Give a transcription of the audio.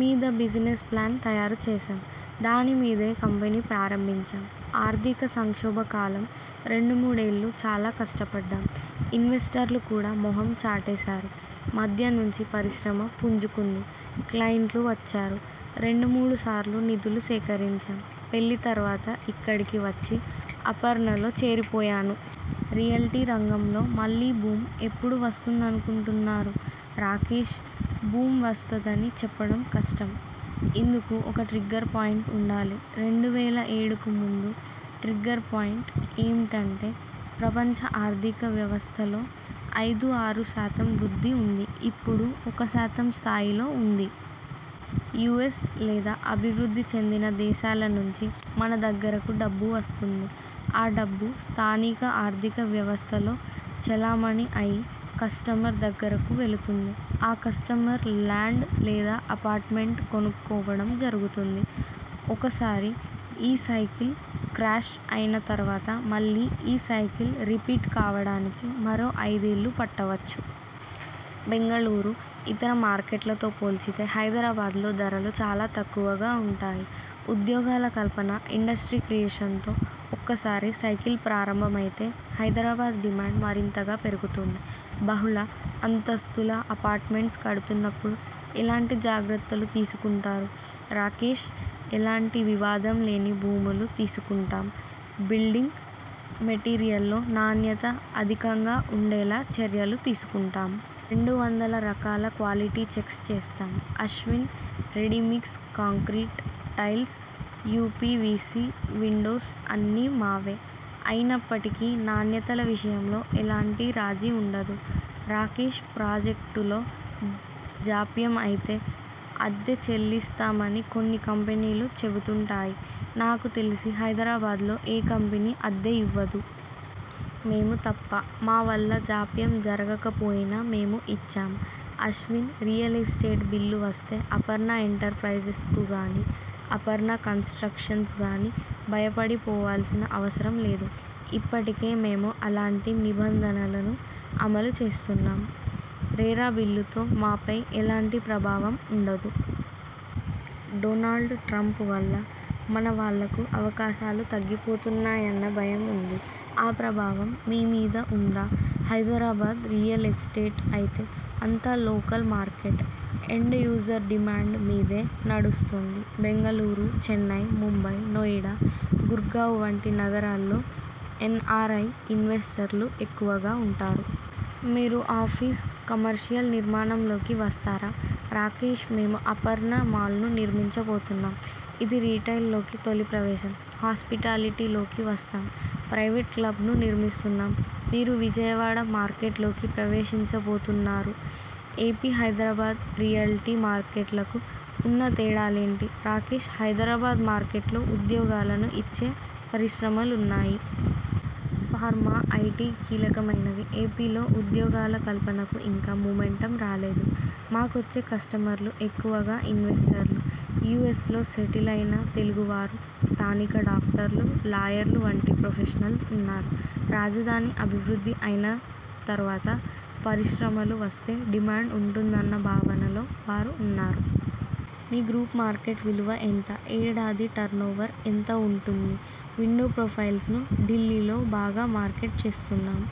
మీద business plan తయారు చేశాం. దాని మీదే కంపెనీ ప్రారంభించాం. ఆర్థిక సంక్షోభ కాలం రెండు మూడేళ్లు చాలా కష్టపడ్డాం. ఇన్వెస్టర్లు కూడా మొహం చాటేశారు. మధ్య నుంచి పరిశ్రమ పుంజుకుంది. క్లయింట్లు వచ్చారు. రెండు మూడుసార్లు నిధులు సేకరించాం. పెళ్లి తర్వాత ఇక్కడికి వచ్చి అపర్ణలో చేరిపోయాను. రియల్టీ రంగంలో మళ్లీ బూమ్ ఎప్పుడు వస్తుందనుకుంటున్నారు? రాకేష్ బూమ్ వస్తధని చెప్పడం కష్టం. ఇందుకు ఒక ట్రిగ్గర్ పాయింట్ ఉండాలి. రెండు వేల ఏడుకు ముందు ట్రిగ్గర్ పాయింట్ ఏంటంటే ప్రపంచ ఆర్థిక వ్యవస్థలో ఐదు ఆరు శాతం వృద్ధి ఉంది. ఇప్పుడు ఒక శాతం స్థాయిలో ఉంది. యుఎస్ లేదా అభివృద్ధి చెందిన దేశాల నుంచి మన దగ్గరకు డబ్బు వస్తుంది. ఆ డబ్బు స్థానిక ఆర్థిక వ్యవస్థలో చలామణి అయి కస్టమర్ దగ్గరకు వెళుతుంది. ఆ కస్టమర్ లాండ్ లేదా అపార్ట్మెంట్ కొనుక్కోవడం జరుగుతుంది. ఒకసారి ఈ సైకిల్ క్రాష్ అయిన తర్వాత మళ్లీ ఈ సైకిల్ రిపీట్ కావడానికి మరో ఐదేళ్లు పట్టవచ్చు. బెంగళూరు ఇతర మార్కెట్లతో పోల్చితే హైదరాబాద్లో ధరలు చాలా తక్కువగా ఉంటాయి. ఉద్యోగాల కల్పన, ఇండస్ట్రీ క్రియేషన్తో ఒక్కసారి సైకిల్ ప్రారంభమైతే హైదరాబాద్ డిమాండ్ మరింతగా పెరుగుతుంది. బహుళ అంతస్తుల అపార్ట్మెంట్స్ కడుతున్నప్పుడు ఎలాంటి జాగ్రత్తలు తీసుకుంటారు? రాకేష్ ఎలాంటి వివాదంలేని భూములు తీసుకుంటాం, బిల్డింగ్ మెటీరియల్లో నాణ్యత అధికంగా ఉండేలా చర్యలు తీసుకుంటాం. రెండు వందల రకాల క్వాలిటీ చెక్స్ చేస్తాం. Ashwin ready mix concrete, tiles, UPVC windows అన్నీ మావే. అయినప్పటికీ నాణ్యతల విషయంలో ఎలాంటి రాజీ ఉండదు. రాకేష్ ప్రాజెక్టులో జాప్యం అయితే అద్దె చెల్లిస్తామని కొన్ని కంపెనీలు చెబుతుంటాయి. నాకు తెలిసి హైదరాబాద్లో ఏ కంపెనీ అద్దె ఇవ్వదు. మేము తప్ప. మా వల్ల జాప్యం జరగకపోయినా మేము ఇచ్చాం. అశ్విన్ రియల్ ఎస్టేట్ బిల్లు వస్తే అపర్ణ ఎంటర్ప్రైజె్సకు గానీ, అపర్ణ కన్స్ట్రక్షన్స్ గానీ భయపడిపోవాల్సిన అవసరం లేదు. ఇప్పటికే మేము అలాంటి నిబంధనలను అమలు చేస్తున్నాం. రేరా బిల్లుతో మాపై ఎలాంటి ప్రభావం ఉండదు. డొనాల్డ్ ట్రంప్ వల్ల మన వాళ్లకు అవకాశాలు తగ్గిపోతాయన్న భయం ఉంది. ఆ ప్రభావం మీ మీద ఉందా? హైదరాబాద్ రియల్ ఎస్టేట్ అయితే అంతా local market. End user demand మీదే నడుస్తోంది. బెంగళూరు, చెన్నై, ముంబై, నోయిడా, గుర్గావ్ వంటి నగరాల్లో ఎన్ఆర్ఐ ఇన్వెస్టర్లు ఎక్కువగా ఉంటారు. మీరు ఆఫీస్, కమర్షియల్ నిర్మాణంలోకి వస్తారా? రాకేష్ మేము అపర్ణ మాల్ను నిర్మించబోతున్నాం. ఇది రిటైల్లోకి తొలి ప్రవేశం. హాస్పిటాలిటీలోకి వస్తాం. ప్రైవేట్ క్లబ్ను నిర్మిస్తున్నాం. మీరు విజయవాడ మార్కెట్లోకి ప్రవేశించబోతున్నారు. ఎపి, హైదరాబాద్ రియల్టీ మార్కెట్లకు ఉన్న తేడాలేంటి? రాకేష్ హైదరాబాద్ మార్కెట్లో ఉద్యోగాలను ఇచ్చే పరిశ్రమలున్నాయి. Pharma, IT కీలకమైనవి. ఎపిలో ఉద్యోగాల కల్పనకు ఇంకా మూమెంటమ్ రాలేదు. మాకొచ్చే కస్టమర్లు ఎక్కువగా ఇన్వెస్టర్లు. యుఎ్సలో సెటిల్ అయిన తెలుగు వారు, స్థానిక డాక్టర్లు, లాయర్లు వంటి ప్రొఫెషనల్స్ ఉన్నారు. రాజధాని అభివృద్ధి అయిన తర్వాత పరిశ్రమలు వస్తే డిమాండ్ ఉంటుందన్న భావనలో వారు ఉన్నారు. మీ గ్రూప్ మార్కెట్ విలువ ఎంత? ఏడాది టర్నోవర్ ఎంత ఉంటుంది? విండో ప్రొఫైల్స్ను ఢిల్లీలో బాగా మార్కెట్ చేస్తున్నాం.